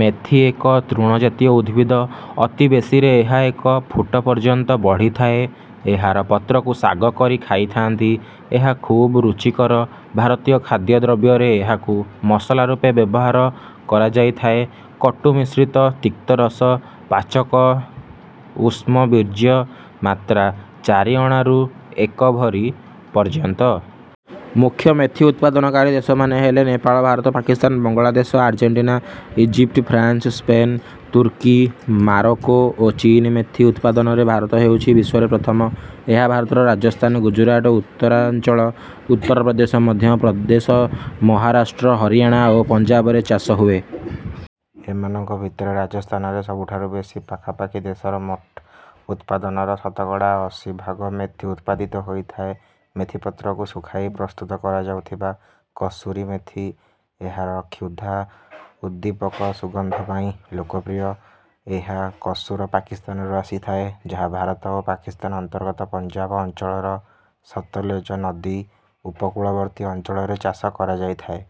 ମେଥି ଏକ ତୃଣ ଜାତୀୟ ଉଦ୍ଭିଦ। ଅତି ବେଶୀରେ ଏହା ଏକ ଫୁଟ ପର୍ଯ୍ୟନ୍ତ ବଢ଼ିଥାଏ। ଏହାର ପତ୍ରକୁ ଶାଗ କରି ଖାଇଥାନ୍ତି। ଏହା ଖୁବ୍ ରୁଚିକର। ଭାରତୀୟ ଖାଦ୍ୟଦ୍ରବ୍ୟରେ ଏହାକୁ ମସଲା ରୂପେ ବ୍ୟବହାର କରାଯାଇଥାଏ। କଟୁ ମିଶ୍ରିତ ତିକ୍ତରସ ପାଚକ ଉଷ୍ଣବୀର୍ଯ୍ୟ। ମାତ୍ରା ଚାରିଅଣାରୁ ଏକ ଭରି ପର୍ଯ୍ୟନ୍ତ। ମୁଖ୍ୟ ମେଥି ଉତ୍ପାଦନକାରୀ ଦେଶମାନେ ହେଲେ Nepal Bharat Pakistan Bangladesh Argentina Egypt France Spain ତୁର୍କୀ ମୋରୋକୋ ଓ ଚୀନ୍। ମେଥି ଉତ୍ପାଦନରେ ଭାରତ ହେଉଛି ବିଶ୍ୱରେ ପ୍ରଥମ। ଏହା ଭାରତର ରାଜସ୍ଥାନ ଗୁଜରାଟ ଉତ୍ତରାଞ୍ଚଳ ଉତ୍ତର ପ୍ରଦେଶ ମଧ୍ୟ ପ୍ରଦେଶ ମହାରାଷ୍ଟ୍ର ହରିୟାଣା ଓ ପଞ୍ଜାବରେ ଚାଷ ହୁଏ। ଏମାନଙ୍କ ଭିତରେ ରାଜସ୍ଥାନରେ ସବୁଠାରୁ ବେଶି ପାଖାପାଖି ଦେଶର ମୋଟ ଉତ୍ପାଦନର ଶତକଡ଼ା ଅଶୀ ଭାଗ ମେଥି ଉତ୍ପାଦିତ ହୋଇଥାଏ। ମେଥିପତ୍ରକୁ ଶୁଖାଇ ପ୍ରସ୍ତୁତ କରାଯାଉଥିବା କସୁରି ମେଥି ଏହାର କ୍ଷୁଧା ଉଦ୍ଦୀପକ ସୁଗନ୍ଧ ପାଇଁ ଲୋକପ୍ରିୟ। ଏହା କସୁର ପାକିସ୍ତାନରୁ ଆସିଥାଏ ଯାହା ଭାରତ ଓ ପାକିସ୍ତାନ ଅନ୍ତର୍ଗତ ପଞ୍ଜାବ ଅଞ୍ଚଳର ସତଲେଜ ନଦୀ ଉପକୂଳବର୍ତ୍ତୀ ଅଞ୍ଚଳରେ ଚାଷ କରାଯାଇଥାଏ।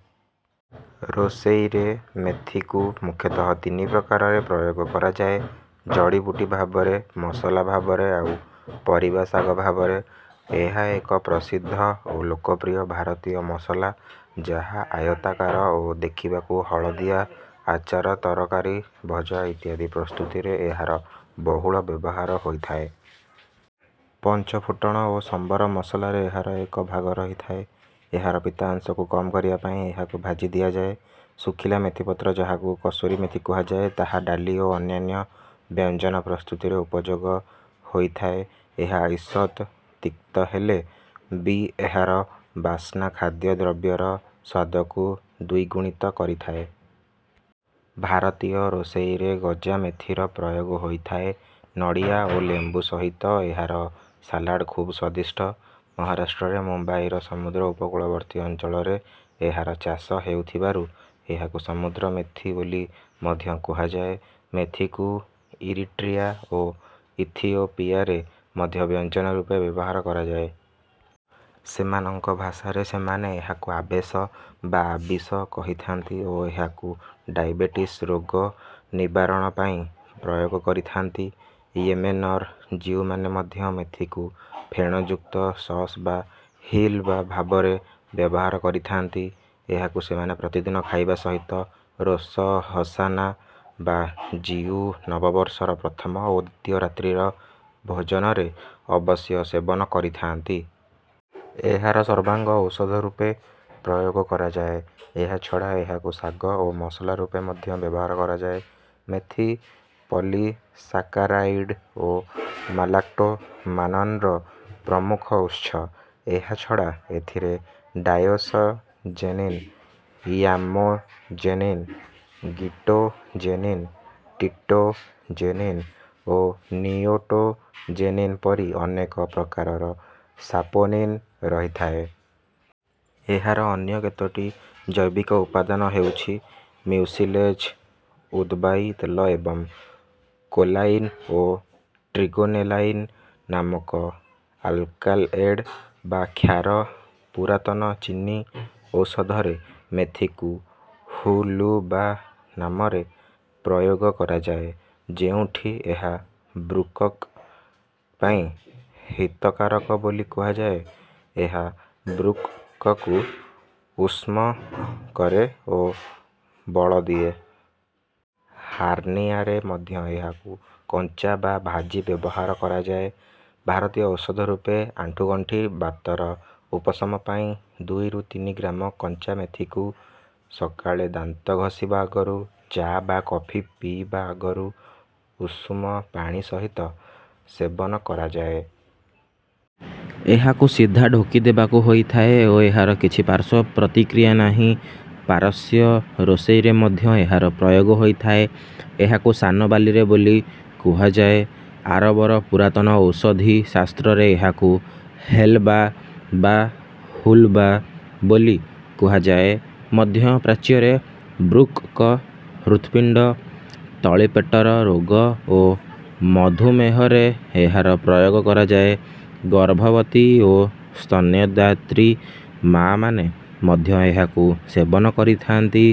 ରୋଷେଇରେ ମେଥିକୁ ମୁଖ୍ୟତଃ ତିନି ପ୍ରକାରରେ ପ୍ରୟୋଗ କରାଯାଏ ଜଡ଼ିବୁଟି ଭାବରେ ମସଲା ଭାବରେ ଆଉ ପରିବା ଶାଗ ଭାବରେ। ଏହା ଏକ ପ୍ରସିଦ୍ଧ ଓ ଲୋକପ୍ରିୟ ଭାରତୀୟ ମସଲା ଯାହା ଆୟତାକାର ଓ ଦେଖିବାକୁ ହଳଦିଆ। ଆଚାର ତରକାରି ଭଜା ଇତ୍ୟାଦି ପ୍ରସ୍ତୁତିରେ ଏହାର ବହୁଳ ବ୍ୟବହାର ହୋଇଥାଏ। ପଞ୍ଚଫୁଟଣ ଓ ସମ୍ବର ମସଲାରେ ଏହାର ଏକ ଭାଗ ରହିଥାଏ। ଏହାର ପିତା ଅଂଶକୁ କମ୍ କରିବା ପାଇଁ ଏହାକୁ ଭାଜି ଦିଆଯାଏ। ଶୁଖିଲା ମେଥିପତ୍ର ଯାହାକୁ କସୁରି ମେଥି କୁହାଯାଏ ତାହା ଡାଲି ଓ ଅନ୍ୟାନ୍ୟ ବ୍ୟଞ୍ଜନ ପ୍ରସ୍ତୁତିରେ ଉପଯୋଗ ହୋଇଥାଏ। ଏହା ଈଷତ୍ ତିକ୍ତ ହେଲେ ବି ଏହାର ବାସ୍ନା ଖାଦ୍ୟଦ୍ରବ୍ୟର ସ୍ୱାଦକୁ ଦ୍ୱିଗୁଣିତ କରିଥାଏ। ଭାରତୀୟ ରୋଷେଇରେ ଗଜାମେଥିର ପ୍ରୟୋଗ ହୋଇଥାଏ। ନଡ଼ିଆ ଓ ଲେମ୍ବୁ ସହିତ ଏହାର ସାଲାଡ୍ ଖୁବ୍ ସ୍ୱାଦିଷ୍ଠ। ମହାରାଷ୍ଟ୍ରରେ ମୁମ୍ବାଇର ସମୁଦ୍ର ଉପକୂଳବର୍ତ୍ତୀ ଅଞ୍ଚଳରେ ଏହାର ଚାଷ ହେଉଥିବାରୁ ଏହାକୁ ସମୁଦ୍ର ମେଥି ବୋଲି ମଧ୍ୟ କୁହାଯାଏ। ମେଥିକୁ ଇରିଟ୍ରିଆ ଓ ଇଥିଓପିଆରେ ମଧ୍ୟ ବ୍ୟଞ୍ଜନ ରୂପେ ବ୍ୟବହାର କରାଯାଏ। ସେମାନଙ୍କ ଭାଷାରେ ସେମାନେ ଏହାକୁ ଆବେଶ ବା ଆବିଶ କହିଥାନ୍ତି ଓ ଏହାକୁ ଡାଇବେଟିସ୍ ରୋଗ ନିବାରଣ ପାଇଁ ପ୍ରୟୋଗ କରିଥାନ୍ତି। ୟେମେନର ଜିଉମାନେ ମଧ୍ୟ ମେଥିକୁ ଫେଣଯୁକ୍ତ ସସ୍ ବା ହିଲ୍‌ବା ଭାବରେ ବ୍ୟବହାର କରିଥାନ୍ତି। ଏହାକୁ ସେମାନେ ପ୍ରତିଦିନ ଖାଇବା ସହିତ ରୋଶ ହସାନା ବା ଜିଉ ନବବର୍ଷର ପ୍ରଥମ ଓ ଦ୍ୱିତୀୟ ରାତ୍ରିର ଭୋଜନରେ ଅବଶ୍ୟ ସେବନ କରିଥାନ୍ତି। ଏହାର ସର୍ବାଙ୍ଗ ଔଷଧ ରୂପେ ପ୍ରୟୋଗ କରାଯାଏ। ଏହା ଛଡ଼ା ଏହାକୁ ଶାଗ ଓ ମସଲା ରୂପେ ମଧ୍ୟ ବ୍ୟବହାର କରାଯାଏ। ମେଥି ପଲିସାକାରାଇଡ୍ ଓ ଗାଲାକ୍ଟୋମାନନ୍‌ର ପ୍ରମୁଖ ଉତ୍ସ। ଏହା ଛଡ଼ା ଏଥିରେ ଡାୟୋସଜେନିନ୍ ୟାମୋଜେନିନ୍ ଗିଟୋଜେନିନ୍ ଟିଟୋଜେନିନ୍ ଓ ନିଓଟୋଜେନିନ୍ ପରି ଅନେକ ପ୍ରକାରର ସାପୋନିନ୍ ରହିଥାଏ। ଏହାର ଅନ୍ୟ କେତୋଟି ଜୈବିକ ଉପାଦାନ ହେଉଛି ମ୍ୟୁସିଲେଜ୍ ଉଦ୍‌ବାୟୀ ତେଲ ଏବଂ କୋଲାଇନ୍ ଓ ଟ୍ରିଗୋନେଲାଇନ୍ ନାମକ ଆଲକାଲଏଡ୍ ବା କ୍ଷାର। ପୁରାତନ ଚୀନୀ ଔଷଧରେ ମେଥିକୁ ହୁ-ଲୁ-ବା ନାମରେ ପ୍ରୟୋଗ କରାଯାଏ ଯେଉଁଠି ଏହା ବୃକ୍‌କ ପାଇଁ ହିତକାରକ ବୋଲି କୁହାଯାଏ। ଏହା ବୃକ୍‌କକୁ ଉଷ୍ଣ କରେ ଓ ବଳ ଦିଏ। ହାର୍ଣ୍ଣିଆରେ ମଧ୍ୟ ଏହାକୁ କଞ୍ଚା ବା ଭାଜି ବ୍ୟବହାର କରାଯାଏ। ଭାରତୀୟ ଔଷଧ ରୂପେ ଆଣ୍ଠୁଗଣ୍ଠି ବାତର ଉପଶମ ପାଇଁ ଦୁଇରୁ ତିନି ଗ୍ରାମ କଞ୍ଚା ମେଥିକୁ ସକାଳେ ଦାନ୍ତ ଘଷିବା ଆଗରୁ ଚା ବା କଫି ପିଇବା ଆଗରୁ ଉଷୁମ ପାଣି ସହିତ ସେବନ କରାଯାଏ। ଏହାକୁ ସିଧା ଢୋକି ଦେବାକୁ ହୋଇଥାଏ ଓ ଏହାର କିଛି ପାର୍ଶ୍ୱ ପ୍ରତିକ୍ରିୟା ନାହିଁ। ପାରସ୍ୟ ରୋଷେଇରେ ମଧ୍ୟ ଏହାର ପ୍ରୟୋଗ ହୋଇଥାଏ। ଏହାକୁ ସାନବାଲିଲେ ବୋଲି କୁହାଯାଏ। ଆରବର ପୁରାତନ ଔଷଧି ଶାସ୍ତ୍ରରେ ଏହାକୁ ହେଲ୍‌ବା ବା ହୁଲ୍‌ବା ବୋଲି କୁହାଯାଏ। ମଧ୍ୟ ପ୍ରାଚ୍ୟରେ ବୃକ୍‌କ ହୃତ୍‌ପିଣ୍ଡ ତଳିପେଟର ରୋଗ ଓ ମଧୁମେହରେ ଏହାର ପ୍ରୟୋଗ କରାଯାଏ। ଗର୍ଭବତୀ ଓ ସ୍ତନ୍ୟଦାତ୍ରୀ ମାଆମାନେ ମଧ୍ୟ ଏହାକୁ ସେବନ କରିଥାନ୍ତି।